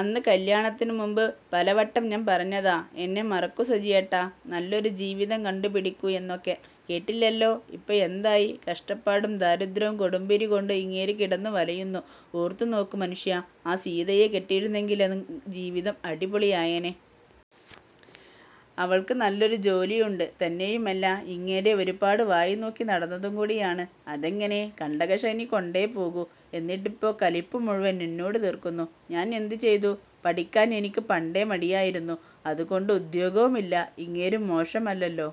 അന്ന് കല്യാണത്തിന് മുൻപ് പലവട്ടം ഞാൻ പറഞ്ഞതാ എന്നെ മറക്കു സജിയേട്ടാ, നല്ലൊരു ജീവിതം കണ്ടു പിടിക്കൂ എന്നൊക്കെ, കേട്ടില്ലല്ലോ. ഇപ്പോൾ എന്തായി കഷ്ടപ്പാടും ദാരിദ്ര്യോം കൊടുംപിരി കൊണ്ട് ഇങ്ങേര് കിടന്നു വലയുന്നു. ഓർത്തു നോക്ക്, മനുഷ്യാ, ആ സീതയെ കെട്ടിയിരുന്നെങ്കിലോ ജീവിതം അടിപൊളി ആയേനെ. അവൾക്ക് നല്ലൊരു ജോലി ഉണ്ട് തന്നെയുമല്ല ഇങ്ങേരെ ഒരുപാട് വായ് നോക്കി നടന്നതും കൂടിയാണ്. അതെങ്ങനെ കണ്ടക ശനി കൊണ്ടേ പോകൂ. എന്നിട്ടിപ്പോ കലിപ്പ് മുഴുവൻ എന്നോട് തീർക്കുന്നു. ഞാൻ എന്ത് ചെയ്തു പഠിക്കാൻ എനിക്ക് പണ്ടേ മടിയായിരുന്നു. അത് കൊണ്ട് ഉദ്യോഗവും ഇല്ല. ഇങ്ങേരും മോശം അല്ലല്ലോ.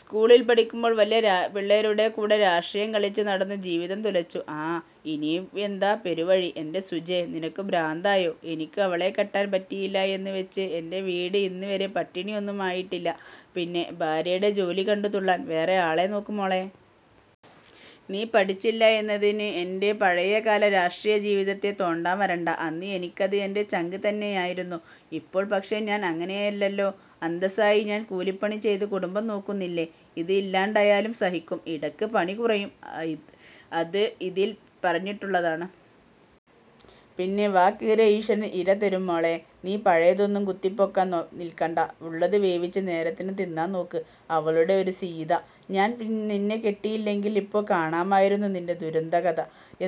സ്കൂളിൽ പഠിക്കുമ്പോൾ വല്ല്യ പിള്ളേരുടെ കൂടെ രാഷ്ട്രീയം കളിച്ചു നടന്നു ജീവിതം തുലച്ചു ആഹ്. ഇനി എന്താ പെരുവഴി. എന്റെ സുജേ, നിനക്ക് ഭ്രാന്തായോ, എനിക്ക് അവളെ കെട്ടാൻ പറ്റിയില്ല എന്ന് വച്ചു എന്റെ വീട് ഇന്ന് വരെ പട്ടിണി ഒന്നും ആയിട്ടില്ല. പിന്നെ ഭാര്യേടെ ജോലി കണ്ടു തുള്ളാൻ വേറെ ആളെ നോക്ക് മോളെ. നീ പഠിച്ചില്ല എന്നതിന് എന്റെ പഴയ കാല രാഷ്ട്രീയ ജീവിതത്തെ തോണ്ടാൻ വരണ്ട. അന്ന് എനിക്കത് എന്റെ ചങ്ക്തന്നെയായിരുന്നു. ഇപ്പോൾ പക്ഷേ ഞാൻ അങ്ങനെയല്ലല്ലോ. അന്തസ്സായി ഞാൻ കൂലി പണി ചെയ്തു കുടുംബം നോക്കുന്നില്ലേ. അത് ഇല്ലാണ്ടായാലും സഹിക്കും. ഇടക്ക് പണി കുറയും. അത് ഇതിൽ പറഞ്ഞിട്ടുള്ളതാണ്. പിന്നെ വാ കീറിയ ഈശ്വരൻ ഇര തരും മോളെ. നീ പഴയതൊന്നും കുത്തി പൊക്കാൻ നിൽക്കണ്ട. ഉള്ളത് വേവിച്ചു നേരത്തിനു തിന്നാൻ നോക്ക്. അവളുടെ ഒരു സീത, ഞാൻ നിന്നെ കെട്ടിയില്ലെങ്കിൽ ഇപ്പോൾ കാണാമായിരുന്നു നിന്റെ ദുരന്ത കഥ.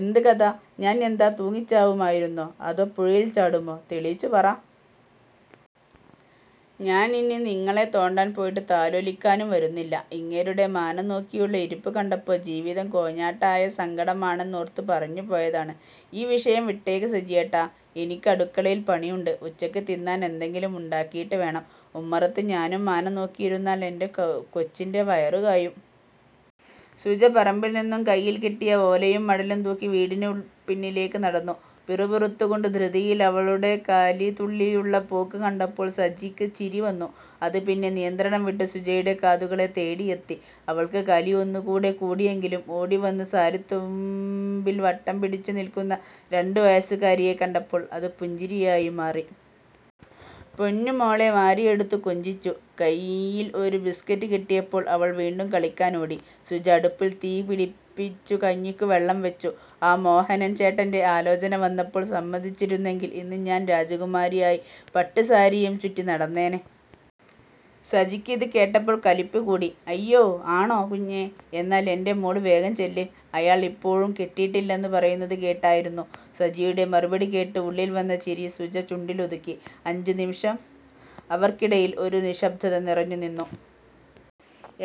എന്ത് കഥ, ഞാൻ എന്താ തൂങ്ങി ചാവുമായിരുന്നോ അതോ പുഴയിൽ ചാടുമോ, തെളിച്ചു പറ. ഞാൻ ഇനി നിങ്ങളെ തോണ്ടാൻ പോയിട്ട് താലോലിക്കാനും വരുന്നില്ല, ഇങ്ങേരുടെ മാനം നോക്കിയുള്ള ഇരിപ്പ് കണ്ടപ്പോൾ ജീവിതം കോഞ്ഞാട്ട ആയ സങ്കടം ആണെന്നോർത്തു പറഞ്ഞു പോയതാണ്. ആ വിഷയം വിട്ടേക്ക് സജിയേട്ടാ. എനിക്ക് അടുക്കളയിൽ പണിയുണ്ട്. ഉച്ചക്ക് തിന്നാൻ എന്തെങ്കിലും ഉണ്ടാക്കിയിട്ട് വേണം. ഉമ്മറത്ത് ഞാനും മാനം നോക്കിയിരുന്നാൽ എന്റെ കൊച്ചിന്റെ വയറു കായും. സുജ പറമ്പിൽ നിന്നും കൈയിൽ കിട്ടിയ ഓലയും മടലും തൂക്കി വീടിനു പിന്നിലേക്ക് നടന്നു. പിറുപിറുത്തു കൊണ്ട് ധൃതിയിൽ അവളുടെ കലി തുള്ളിയുള്ള പോക്ക് കണ്ടപ്പോൾ സജിക്ക് ചിരി വന്നു. അത് പിന്നെ നിയന്ത്രണം വിട്ടു സുജയുടെ കാതുകളെ തേടിയെത്തി. അവൾക്ക് കലി ഒന്ന് കൂടെ കൂടിയെങ്കിലും ഓടി വന്ന് സാരിത്തുമ്പിൽ വട്ടം പിടിച്ചു നിൽക്കുന്ന രണ്ടു വയസുകാരിയെ കണ്ടപ്പോൾ അത് പുഞ്ചിരിയായി മാറി. പൊന്നു മോളെ വാരിയെടുത്തു കൊഞ്ചിച്ചു. കൈയിൽ ഒരു ബിസ്കറ്റ് കിട്ടിയപ്പോൾ അവൾ വീണ്ടും കളിക്കാൻ ഓടി. സുജ അടുപ്പിൽ തീ പിടിപ്പിച്ചു കഞ്ഞിക്കു വെള്ളം വച്ചു .ആ മോഹനൻ ചേട്ടന്റെ ആലോചന വന്നപ്പോൾ സമ്മതിച്ചിരുന്നെങ്കിൽ ഇന്ന് ഞാൻ രാജകുമാരി ആയി പട്ടു സാരിയും ചുറ്റി നടന്നേനെ. സജിക്ക് ഇത് കേട്ടപ്പോൾ കലിപ്പ് കൂടി. അയ്യോ, ആണൊ കുഞ്ഞേ, എന്നാൽ എന്റെ മോള് വേഗം ചെല്ല്, അയാൾ ഇപ്പോഴും കെട്ടിയിട്ടില്ലെന്നു പറയുന്നത് കേട്ടാരുന്നു. സജിയുടെ മറുപടി കേട്ട് ഉള്ളിൽ വന്ന ചിരി സുജ ചുണ്ടിൽ ഒതുക്കി. അഞ്ചു നിമിഷം അവർക്കിടയിൽ ഒരു നിശബ്ദത നിറഞ്ഞു നിന്നു.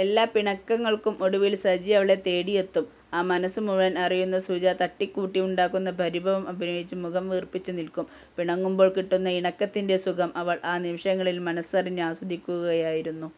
എല്ലാ പിണക്കങ്ങൾക്കും ഒടുവിൽ സജി അവളെ തേടിയെത്തും. ആ മനസ് മുഴുവൻ അറിയുന്ന സുജ തട്ടിക്കൂട്ടി ഉണ്ടാക്കുന്ന പരിഭവം അഭിനയിച്ചു മുഖം വീർപ്പിച്ചു നിൽക്കും. പിണങ്ങുമ്പോൾ കിട്ടുന്ന ഇണക്കത്തിന്റെ സുഖം അവൾ ആ നിമിഷങ്ങളിൽ മനസ്സറിഞ്ഞു ആസ്വദിക്കുകയായിരുന്നു.